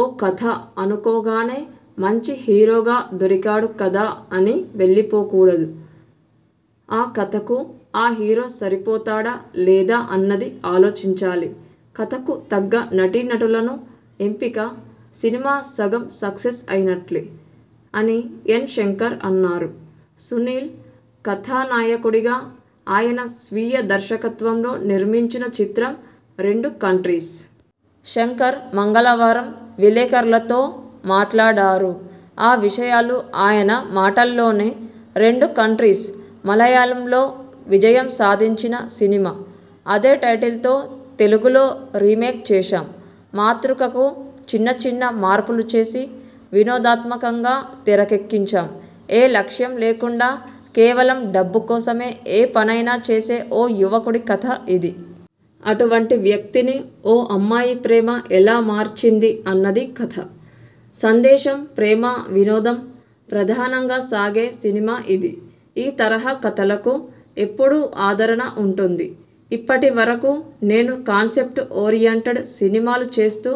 ఓ కథ అనుకోగానే మంచి హీరోగా దొరికాడు కదా అని వెళ్లి పోకూడదు. ఆ కథకు ఆ హీరో సరిపోతాడ లేదా అన్నది ఆలోచించాలి. కథకు తగ్గ నటీ నటులను ఎంపిక సినిమా సగం సక్సెస్ అయినట్లే'' అని ఎన్. శంకర్ అన్నారు. సునీల్ కథా నాయకుడిగా ఆయన స్వీయ దర్శకత్వంలో నిర్మించిన చిత్రం 'రెండు కంట్రీస్'. శంకర్ మంగళవారం విలేకర్లతో మాట్లాడారు. ఆ విషయాలు ఆయన మాటల్లోనే 'రెండు కంట్రీస్' మలయాళంలో విజయం సాధించిన సినిమా. అదే టైటిల్తో తెలుగులో రీమేక్ చేశాం. మాతృకకు చిన్నచిన్న మార్పులు చేసి వినోదాత్మకంగా తెరకెక్కించాం. ఏ లక్ష్యం లేకుండా కేవలం డబ్బు కోసమే ఏ పనైనా చేసే ఓ యువకుడి కథ ఇది. అటువంటి వ్యక్తిని ఓ అమ్మాయి ప్రేమ ఎలా మార్చింది అన్నది కథ. సందేశం, ప్రేమ, వినోదం ప్రధానంగా సాగే సినిమా ఇది. ఈ తరహా కథలకు ఎప్పుడూ ఆదరణ ఉంటుంది. ఇప్పటి వరకూ నేను కాన్సెప్ట్ ఓరియంటెడ్ సినిమాలు చేస్తూ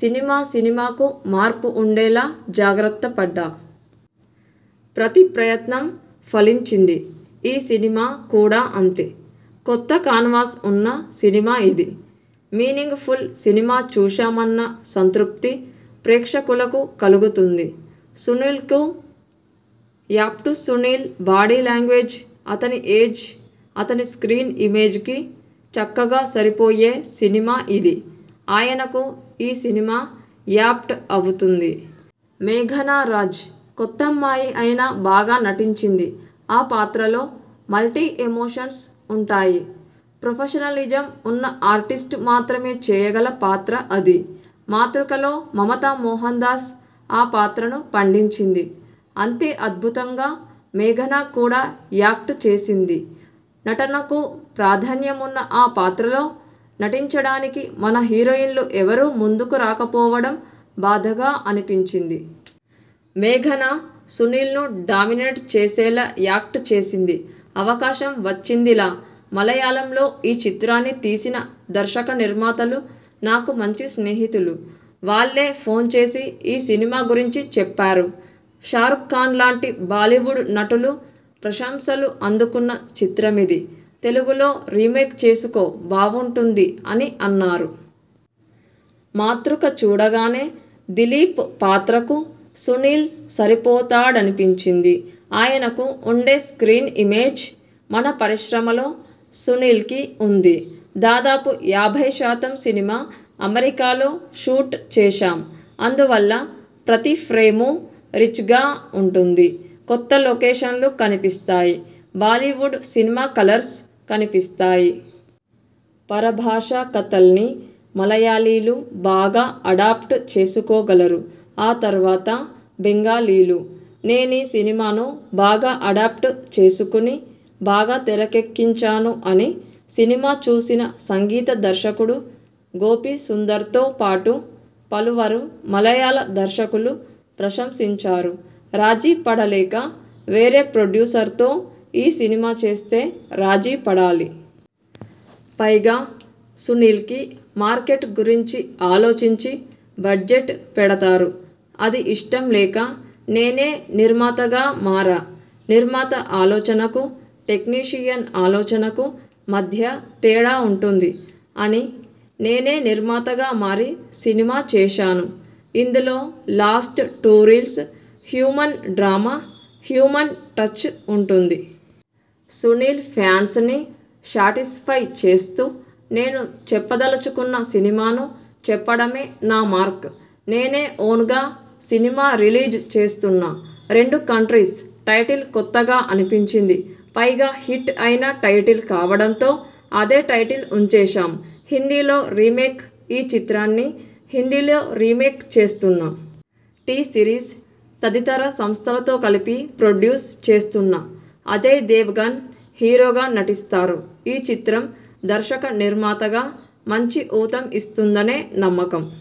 సినిమా, సినిమాకూ మార్పు ఉండేలా జాగ్రత్త పడ్డా. ప్రతి ప్రయత్నం ఫలించింది. ఈ సినిమా కూడా అంతే. కొత్త కాన్వాస్ ఉన్న సినిమా ఇది. మీనింగ్ ఫుల్ సినిమా చూశామన్న సంతృప్తి ప్రేక్షకులకు కలుగుతుంది. సునీల్కు యాప్ట్సునీల్ బాడీ లాంగ్వేజ్, అతని ఏజ్, అతని స్ర్కీన్ ఇమేజ్కి చక్కగా సరిపోయే సినిమా ఇది. ఆయనకు ఈ సినిమా యాప్ట్ అవుతుంది. మేఘనా రాజ్ కొత్తమ్మాయి అయినా బాగా నటించింది. ఆ పాత్రలో మల్టీ ఎమోషన్స్ ఉంటాయి. ప్రొఫషనలిజం ఉన్న ఆర్టిస్ట్ మాత్రమే చేయగల పాత్ర అది. మాతృకలో మమతా మోహన్దాస్ ఆ పాత్రను పండించింది. అంతే అద్భుతంగా మేఘనా కూడా యాక్ట్ చేసింది. నటనకు ప్రాధాన్యమున్న ఆ పాత్రలో నటించడానికి మన హీరోయిన్లు ఎవరూ ముందుకు రాకపోవడం బాధగా అనిపించింది. మేఘనా సునీల్ను డామినేట్ చేసేలా యాక్ట్ చేసింది. అవకాశం వచ్చిందిలా మలయాళంలో ఈ చిత్రాన్ని తీసిన దర్శక నిర్మాతలు నాకు మంచి స్నేహితులు. వాళ్లే ఫోన్ చేసి ఈ సినిమా గురించి చెప్పారు. షారుక్ఖాన్లాంటి బాలీవుడ్ నటులు ప్రశంసలు అందుకున్న చిత్రమిది. తెలుగులో రీమేక్ చేసుకో బావుంటుంది అని అన్నారు. మాతృక చూడగానే దిలీప్ పాత్రకు సునీల్ సరిపోతాడనిపించింది. ఆయనకు ఉండే స్క్రీన్ ఇమేజ్ మన పరిశ్రమలో సునీల్కి ఉంది. దాదాపు యాభై శాతం సినిమా అమెరికాలో షూట్ చేశాం. అందువల్ల ప్రతి ఫ్రేమూ రిచ్గా ఉంటుంది. కొత్త లొకేషన్లు కనిపిస్తాయి. బాలీవుడ్ సినిమా కలర్స్ కనిపిస్తాయి. పరభాషా కథల్ని మలయాళీలు బాగా అడాప్ట్ చేసుకో గలరు. ఆ తర్వాత బెంగాలీలు. నేనీ సినిమాను బాగా అడాప్ట్ చేసుకుని బాగా తెరకెక్కించాను అని సినిమా చూసిన సంగీత దర్శకుడు గోపీసుందర్తో పాటు పలువరు మలయాళ దర్శకులు ప్రశంసించారు. రాజీపడలేక వేరే ప్రొడ్యూసర్తో ఈ సినిమా చేస్తే రాజీపడాలి. పైగా సునీల్కి మార్కెట్ గురించి ఆలోచించి బడ్జెట్ పెడతారు. అది ఇష్టం లేక నేనే నిర్మాతగా మారా, నిర్మాత ఆలోచనకు, టెక్నీషియన్ ఆలోచనకు మధ్య తేడా ఉంటుంది. అని నేనే నిర్మాతగా మారి సినిమా చేశాను. ఇందులో last two reels human drama, human touch ఉంటుంది. సునీల్ ఫ్యాన్స్ ని శాటిస్ఫై చేస్తూ, నేను చెప్పదలచుకున్న సినిమాను చెప్పడమే నా మార్క్. నేనే ఓన్గా సినిమా రిలీజ్ చేస్తున్నా. 'రెండు కంట్రీస్' టైటిల్ కొత్తగా అనిపించింది. పైగా హిట్ అయిన టైటిల్ కావడంతో అదే టైటిల్ ఉంచేశాం. హిందీలో రీమేక్ఈ చిత్రాన్ని హిందీలో రీమేక్ చేస్తున్నాం. టీ సిరీస్, తదితర సంస్థలతో కలిపి ప్రొడ్యూస్ చేస్తున్నా. అజయ్ దేవ్గణ్ హీరోగా నటిస్తారు. ఈ చిత్రం దర్శక నిర్మాతగా మంచి ఊతం ఇస్తుందనే నమ్మకం